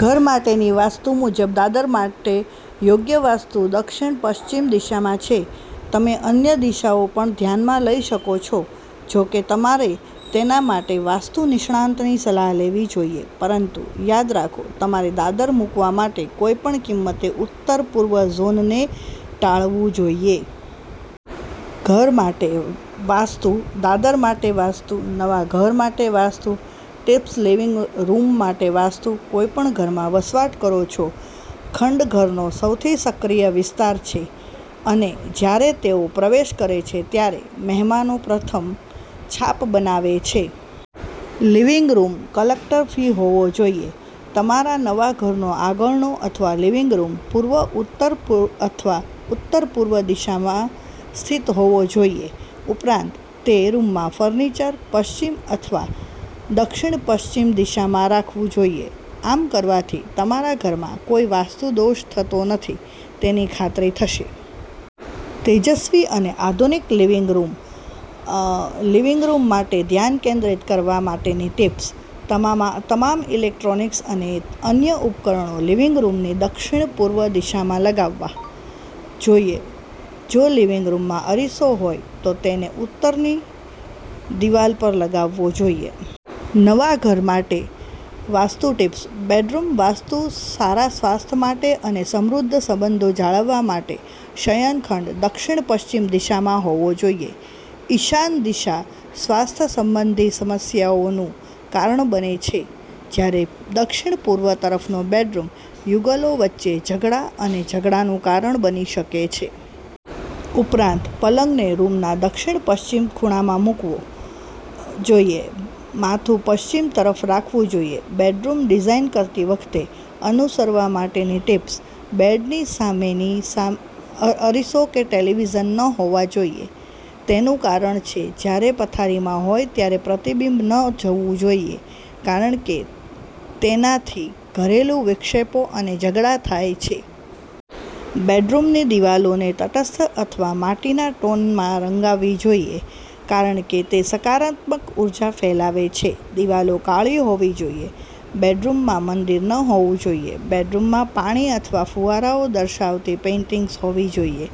ઘર માટેની વાસ્તુ મુજબ, દાદર માટે યોગ્ય વાસ્તુ દક્ષિણ-પશ્ચિમ દિશામાં છે. તમે અન્ય દિશાઓ પણ ધ્યાનમાં લઈ શકો છોજો કે, તમારે તેના માટે વાસ્તુ નિષ્ણાતની સલાહ લેવી જોઈએ. પરંતુ યાદ રાખો, તમારે દાદર મૂકવા માટે કોઈપણ કિંમતે ઉત્તરપૂર્વ ઝોનને ટાળવું જોઈએ. ઘર માટે વાસ્તુઃ દાદર માટે વાસ્તુ. નવા ઘર માટે વાસ્તુ ટિપ્સલિવિંગ રૂમ માટે વાસ્તુ કોઈપણ ઘરમાં, વસવાટ કરો છો ખંડઘરનો સૌથી સક્રિય વિસ્તાર છે અને જ્યારે તેઓ પ્રવેશ કરે છે ત્યારે મહેમાનો પર પ્રથમ છાપ બનાવે છે. લિવિંગ રૂમ ક્લટર ફ્રી હોવો જોઈએ. તમારા નવા ઘરનો આગળનો અથવા લિવિંગ રૂમ પૂર્વ, ઉત્તર અથવા ઉત્તરપૂર્વ દિશામાં સ્થિત હોવો જોઈએ. ઉપરાંત, તે રૂમમાં ફર્નિચર પશ્ચિમ અથવા દક્ષિણ-પશ્ચિમ દિશામાં રાખવું જોઈએ. આમ કરવાથી તમારા ઘરમાં કોઈ વાસ્તુ દોષ નથી તેની ખાતરી થશે. તેજસ્વી અને આધુનિક લિવિંગ રૂમ લિવિંગ રૂમ માટે ધ્યાન કેન્દ્રિત કરવા માટેની ટિપ્સ: તમામ ઈલેક્ટ્રોનિક્સ અને અન્ય ઉપકરણો લિવિંગ રૂમની દક્ષિણ-પૂર્વ દિશામાં લગાવવા જોઈએ. જો લિવિંગ રૂમમાં અરીસો હોય તો તેને ઉત્તરની દિવાલ પર લગાવવો જોઈએ. નવા ઘર માટે વાસ્તુ ટિપ્સ: બેડરૂમ વાસ્તુ સારા સ્વાસ્થ્ય માટે અને સમૃદ્ધ સંબંધો જાળવવા માટે, શયનખંડ દક્ષિણ પશ્ચિમ દિશામાં હોવો જોઈએ. ઈશાન દિશા સ્વાસ્થ્ય સંબંધી સમસ્યાઓનું કારણ બને છે, જ્યારે દક્ષિણ-પૂર્વ તરફનો બેડરૂમ યુગલો વચ્ચે ઝઘડા અને ઝઘડાનું કારણ બની શકે છે. ઉપરાંત, પલંગને રૂમના દક્ષિણ-પશ્ચિમ ખૂણામાં મુકવો જોઈએ, માથું પશ્ચિમ તરફ રાખવું જોઈએ. બેડરૂમ ડિઝાઇન કરતી વખતે અનુસરવા માટેની ટીપ્સ:બેડની સામે અરીસો કે ટેલિવિઝન ન હોવા જોઈએ. તેનું કારણછે કે જ્યારે પથારીમાં હોય ત્યારે પ્રતિબિંબ ન જોવું જોઈએ, કારણ કે તેનાથી ઘરેલું વિક્ષેપો અને ઝઘડા થાય છે. બેડરૂમની દિવાલોને તટસ્થ અથવા માટીના ટોનમાં રંગવી જોઈએ, કારણ કે તે સકારાત્મક ઉર્જા ફેલાવે છે. દિવાલો કાળી હોવી જોઈએ. બેડરૂમમાં મંદિર ન હોવું જોઈએ. બેડરૂમમાં પાણી અથવા ફુવારાઓ દર્શાવતી પેઇન્ટિંગ્સ હોવી જોઈએ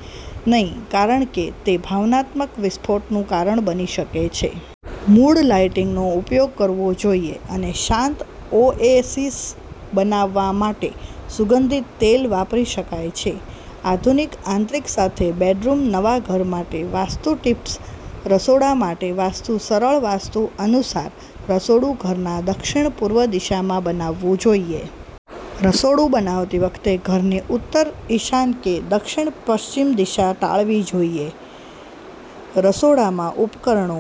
નહીં, કારણ કે તે ભાવનાત્મક વિસ્ફોટનું કારણ બની શકે છે. મૂડ લાઇટિંગનો ઉપયોગ કરવો જોઈએ, અને શાંત ઓએસિસ બનાવવા માટે સુગંધિત તેલ વાપરી શકાય છે. આધુનિક આંતરિક સાથે બેડરૂમનવા ઘર માટે વાસ્તુ ટિપ્સરસોડા માટે વાસ્તુ સરલ વાસ્તુ અનુસાર રસોડું ઘરના દક્ષિણ-પૂર્વ દિશામાં બનાવવું જોઈએ. રસોડું બનાવતી વખતે ઘરની ઉત્તર, ઈશાન કે દક્ષિણ-પશ્ચિમ દિશા ટાળવી જોઈએ. રસોડામાં ઉપકરણો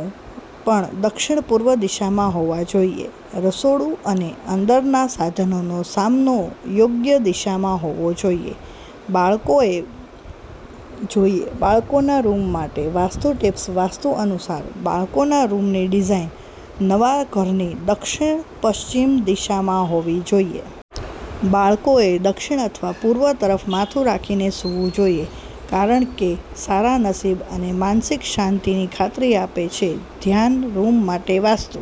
પણ દક્ષિણ-પૂર્વ દિશામાં હોવા જોઈએ. રસોડું અને અંદરના સાધનોનો સામનો યોગ્ય દિશામાં હોવો જોઈએબાળકોના રૂમ માટે વાસ્તુ ટિપ્સ વાસ્તુ અનુસાર બાળકોના રૂમની ડિઝાઈન નવા ઘરની દક્ષિણ-પશ્ચિમ દિશામાં હોવી જોઈએ. બાળકોએ દક્ષિણ અથવા પૂર્વ તરફ માથું રાખીને સૂવું જોઈએ, કારણ કેસારા નસીબ અને માનસિક શાંતિની ખાતરી આપે છે. ધ્યાન રૂમ માટે વાસ્તુ